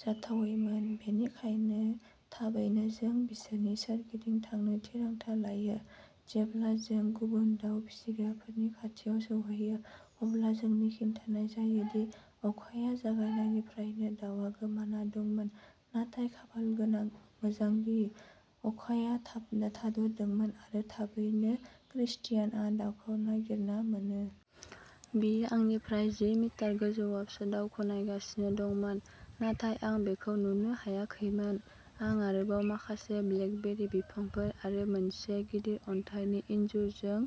जाथावैमोन, बेनिखायनो थाबैनो जों बिसोरनि सोरगिदिं थांनो थिरांथा लायो। जेब्ला जों गुबुन दाउ फिसिग्राफोरनि खाथियाव सौहैयो, अब्ला जोंनो खिन्थानाय जायो दि अखाया जागायनायनिफ्रायनो दाउआ गोमाना दंमोन, नाथाय खाफाल मोजांदि अखाया थाबनो थाद'दोंमोन। आरो थाबैनो क्रिस्टियानआ दाउखौ नागिरना मोनो। बियो आंनिफ्राय जि मिटार गोजौआवसो दाउखौ नायगासिनो दंमोन, नाथाय आं बेखौ नुनो हायाखैमोन। आं आरोबाव माखासे ब्लेकबेरी बिफांफोर आरो मोनसे गिदिर अन्थाइनि इनजुरजों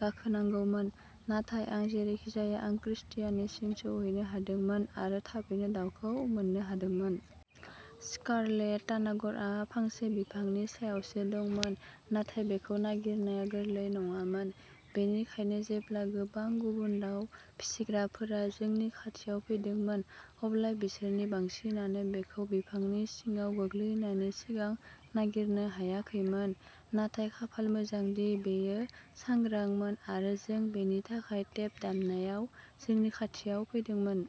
गाखोनांगौमोन, नाथाय जेरैखिजाया आं क्रिस्टियानसिम सौहैनो हादोंमोन आरो थाबैनो दाउखौ मोन्नो हादोंमोन। स्कारलेट तानागरआ फांसे बिफांनि सायावसो दंमोन नाथाय बेखौ नागिरनाया गोरलै नङामोन, बेनिखायनो जेब्ला गोबां गुबुन दाउ फिसिग्राफोरा जोंनि खाथियाव फैदोंमोन, अब्ला बिसोरनि बांसिनानो बेखौ बिफांनि सिङाव गोग्लैनायनि सिगां नागिरनो हायाखैमोन। नाथाय खाफाल मोजांदि बेयो सांग्रांमोन आरो जों बेनि थाखाय टेप दामनायाव जोंनि खाथियाव फैदोंमोन।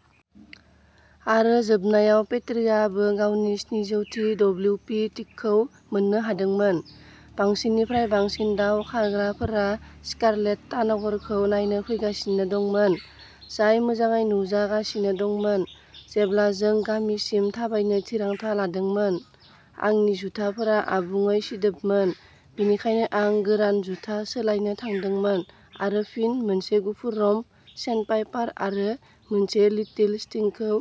आरो जोबनायाव पेट्रीआबो गावनि स्निजौ थि डब्लिउपि टिकखौ मोन्नो हादोंमोन। बांसिननिफ्राय बांसिन दाव खारग्राफोरा स्कारलेट तानागरखौ नायनो फैगासिनो दंमोन, जाय मोजाङै नुजागासिनो दंमोन, जेब्ला जों गामिसिम थाबायनो थिरांथा लादोंमोन। आंनि जुथाफोरा आबुङै सिदोबमोन, बेनिखायनो आं गोरान जुथा सोलायनो थांदोंमोन आरो फिन मोनसे गुफुर रम्प सेन्डपाइपार आरो मोनसे लिटिल स्टिंटखौ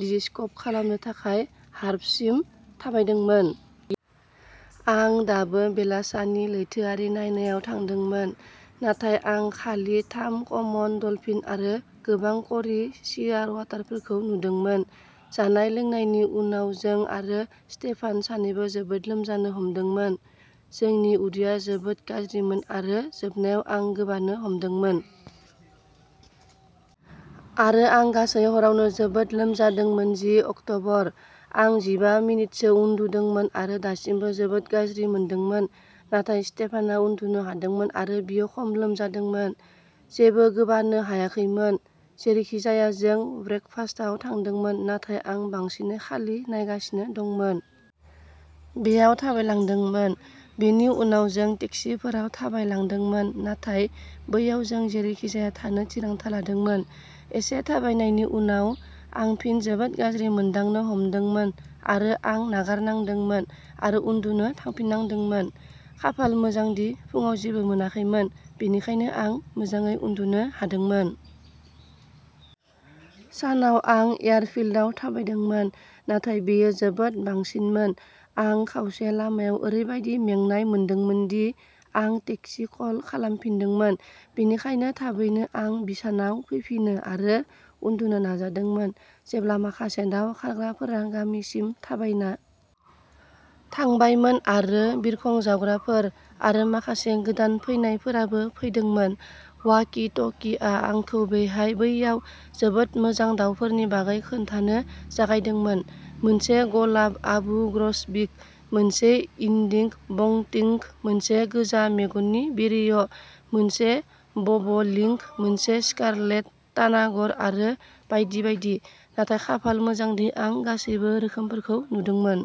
डिजिस्क'प खालामनो थाखाय हार्बरसिम थाबायदोंमोन। आं दाबो बेलासानि लैथोआरि नायनायाव थांदोंमोन नाथाय आं खालि थाम कमन डलफिन आरो गोबां क'री शियारवाटारफोरखौ नुदोंमोन। जानाय-लोंनायनि उनाव जों आरो स्टेफान सानैबो जोबोद लोमजानो हमदोंमोन। जोंनि उदैया जोबोद गाज्रिमोन आरो जोबनायाव आं गोबानो हमदोंमोन। आरो आं गासै हरावनो जोबोद लोमजादोंमोन जि अक्ट'बर। आं जिबा मिनिटसो उन्दुदोंमोन आरो दासिमबो जोबोद गाज्रि मोनदोंमोन नाथाय स्टेफानआ उन्दुनो हादोंमोन आरो बियो खम लोमजादोंमोन, जेबो गोबानो हायाखैमोन। जेरैखिजाया जों ब्रेकफास्टआव थांदोंमोन नाथाय आं बांसिनै खालि नायगासिनो दंमोन। बेयाव थाबायलांदोंमोन। बेनि उनाव जों टेक्सिफोराव थाबायलांदोंमोन नाथाय बैयाव जों जेरैखिजाया थानो थिरांथा लादोंमोन। एसे थाबायनायनि उनाव, आं फिन जोबोद गाज्रि मोनदांनो हमदोंमोन आरो आं नागारनांदोंमोन आरो उन्दुनो थांफिननांदोंमोन। खाफाल मोजां दि फुंआव जेबो मोनाखैमोन, बेनिखायनो आं मोजाङै उन्दुनो हादोंमोन। सानाव आं एयारफील्डआव थाबायदोंमोन नाथाय बेयो जोबोद बांसिनमोन। आं खावसे लामायाव ओरैबादि मेंनाय मोनदोंमोन दि आं टेक्सि कल खालामफिनदोंमोन बेनिखायनो थाबैनो आं बिसानाव फैफिनो आरो उन्दुनो नाजादोंमोन। जेब्ला माखासे दाव खारग्राफोरा गामिसिम थाबायना थांबायमोन आरो बिरखं-जावग्राफोर आरो माखासे गोदान फैनायफोराबो फैदोंमोन, वाकि-टकिआ आंखौ बेहाय-बैयाव जोबोद मोजां दावफोरनि बागै खोन्थानो जागायदोंमोन, मोनसे गलाब आबु ग्रसबिक, मोनसे इन्डिग'बंटिंग, मोनसे गोजा-मेगननि विरिय', मोनसे बब'लिंक, मोनसे स्कारलेट तानागर आरो बायदि बायदि, नाथाय खाफाल मोजांदि आं गासैबो रोखोमफोरखौ नुदोंमोन।